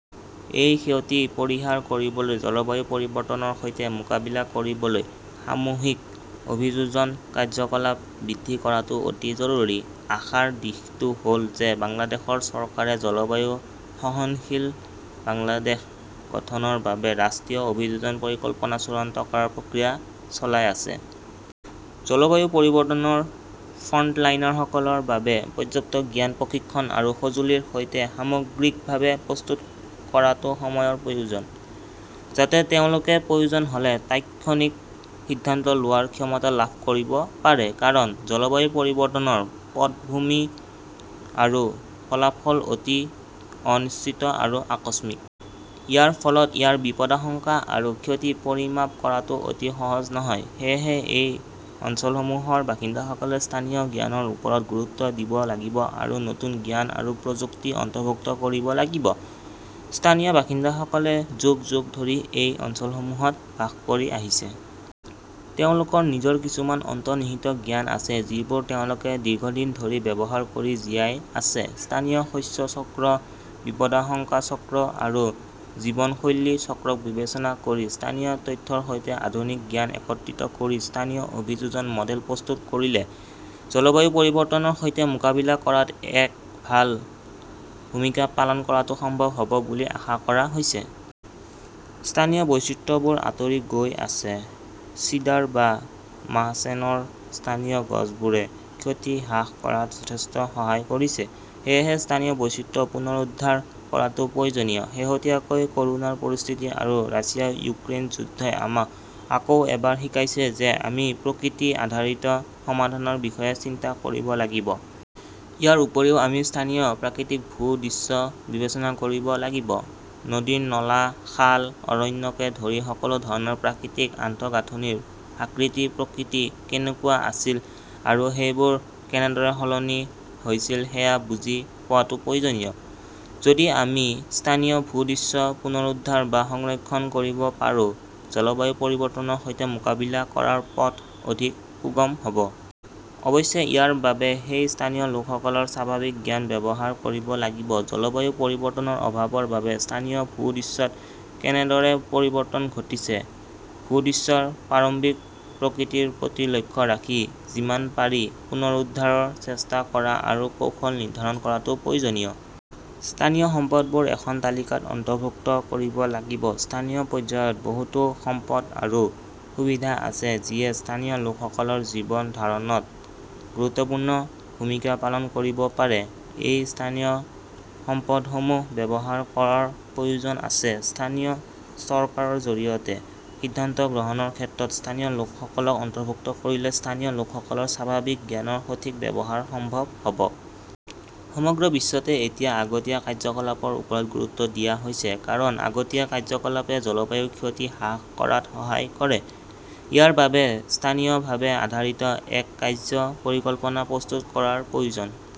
এই ক্ষতি পৰিহাৰ কৰিবলৈ জলবায়ু পৰিৱৰ্তনৰ সৈতে মোকাবিলা কৰিবলৈ সামূহিক অভিযোজন কাৰ্যকলাপ বৃদ্ধি কৰাটো অতি জৰুৰী। আশাৰ দিশটো হ'ল যে বাংলাদেশ চৰকাৰে জলবায়ু সহনশীল বাংলাদেশ গঠনৰ বাবে ৰাষ্ট্ৰীয় অভিযোজন পৰিকল্পনা চূড়ান্ত কৰাৰ প্ৰক্ৰিয়া চলাই আছে। জলবায়ু পৰিৱৰ্তনৰ ফ্ৰণ্টলাইনাৰসকলৰ বাবে পৰ্যাপ্ত জ্ঞান, প্ৰশিক্ষণ আৰু সঁজুলিৰ সৈতে সামগ্ৰিকভাৱে প্ৰস্তুত কৰাটো সময়ৰ প্ৰয়োজন, যাতে তেওঁলোকে প্ৰয়োজন হ'লে তাৎক্ষণিক সিদ্ধান্ত লোৱাৰ ক্ষমতা লাভ কৰিব পাৰে। কাৰণ, জলবায়ু পৰিৱৰ্তনৰ পটভূমি আৰু ফলাফল অতি অনিশ্চিত আৰু আকস্মিক। ইয়াৰ ফলত ইয়াৰ বিপদাশংকা আৰু ক্ষতি পৰিমাপ কৰাটো অতি সহজ নহয়। সেয়েহে, এই অঞ্চলসমূহৰ বাসিন্দাসকলে স্থানীয় জ্ঞানৰ ওপৰত গুৰুত্ব দিব লাগিব আৰু নতুন জ্ঞান আৰু প্ৰযুক্তি অন্তৰ্ভুক্ত কৰিব লাগিব। স্থানীয় বাসিন্দাসকলে যুগ যুগ ধৰি এই অঞ্চলসমূহত বাস কৰি আহিছে। তেওঁলোকৰ নিজৰ কিছুমান অন্তৰ্নিহিত জ্ঞান আছে যিবোৰ তেওঁলোকে দীৰ্ঘদিন ধৰি ব্যৱহাৰ কৰি জীয়াই আছে। স্থানীয় শস্য চক্ৰ, বিপদাশংকা চক্ৰ আৰু জীৱনশৈলী চক্ৰক বিবেচনা কৰি স্থানীয় তথ্যৰ সৈতে আধুনিক জ্ঞান একত্ৰিত কৰি স্থানীয় অভিযোজন মডেল প্ৰস্তুত কৰিলে জলবায়ু পৰিৱৰ্তনৰ সৈতে মোকাবিলা কৰাত এক ভাল ভূমিকা পালন কৰাটো সম্ভৱ হ'ব বুলি আশা কৰা হৈছে। স্থানীয় বৈচিত্ৰ্যবোৰ আঁতৰি গৈ আছে। চিডাৰ বা মাহচেনৰ স্থানীয় গছবোৰে ক্ষতি হ্ৰাস কৰাত যথেষ্ট সহায় কৰিছে। সেয়েহে স্থানীয় বৈচিত্ৰ্য পুনৰুদ্ধাৰ কৰাটো প্ৰয়োজনীয়। শেহতীয়াকৈ ক'ৰোনাৰ পৰিস্থিতি আৰু ৰাছিয়া-ইউক্ৰেইন যুদ্ধই আমাক আকৌ এবাৰ শিকাইছে যে আমি প্ৰকৃতি আধাৰিত সমাধানৰ বিষয়ে চিন্তা কৰিব লাগিব। ইয়াৰ উপৰিও আমি স্থানীয় প্ৰাকৃতিক ভূ-দৃশ্য বিবেচনা কৰিব লাগিব। নদীৰ নলা, খাল, অৰণ্যকে ধৰি সকলো ধৰণৰ প্ৰাকৃতিক আন্তঃগাঁথনিৰ আকৃতি-প্ৰকৃতি কেনেকুৱা আছিল আৰু সেইবোৰ কেনেদৰে সলনি হৈছিল সেয়া বুজি পোৱাটো প্ৰয়োজনীয়। যদি আমি স্থানীয় ভূ-দৃশ্য পুনৰুদ্ধাৰ বা সংৰক্ষণ কৰিব পাৰোঁ, জলবায়ু পৰিৱৰ্তনৰ সৈতে মোকাবিলা কৰাৰ পথ অধিক সুগম হ'ব। অৱশ্যে, ইয়াৰ বাবে সেই স্থানীয় লোকসকলৰ স্বাভাৱিক জ্ঞান ব্যৱহাৰ কৰিব লাগিব। জলবায়ু পৰিৱৰ্তনৰ প্ৰভাৱৰ বাবে স্থানীয় ভূ-দৃশ্যত কেনেদৰে পৰিৱৰ্তন ঘটিছে, ভূ-দৃশ্যৰ প্ৰাৰম্ভিক প্ৰকৃতিৰ প্ৰতি লক্ষ্য ৰাখি যিমান পাৰি পুনৰুদ্ধাৰৰ চেষ্টা কৰা আৰু কৌশল নিৰ্ধাৰণ কৰাটো প্ৰয়োজনীয়। স্থানীয় সম্পদবোৰ এখন তালিকাত অন্তৰ্ভুক্ত কৰিব লাগিব। স্থানীয় পৰ্যায়ত বহুতো সম্পদ আৰু সুবিধা আছে যিয়ে স্থানীয় লোকসকলৰ জীৱন ধাৰণত গুৰুত্বপূৰ্ণ ভূমিকা পালন কৰিব পাৰে। এই স্থানীয় সম্পদসমূহ ব্যৱহাৰ কৰাৰ প্ৰয়োজন আছে। স্থানীয় চৰকাৰৰ জৰিয়তে সিদ্ধান্ত গ্ৰহণৰ ক্ষেত্ৰত স্থানীয় লোকসকলক অন্তৰ্ভুক্ত কৰিলে স্থানীয় লোকসকলৰ স্বাভাৱিক জ্ঞানৰ সঠিক ব্যৱহাৰ সম্ভৱ হ'ব। সমগ্ৰ বিশ্বতে এতিয়া আগতীয়া কাৰ্যকলাপৰ ওপৰত গুৰুত্ব দিয়া হৈছে। কাৰণ আগতীয়া কাৰ্যকলাপে জলবায়ুৰ ক্ষতি হ্ৰাস কৰাত সহায় কৰে। ইয়াৰ বাবে স্থানীয়ভাৱে আধাৰিত এক কাৰ্য্য পৰিকল্পনা প্ৰস্তুত কৰাৰ প্ৰয়োজন।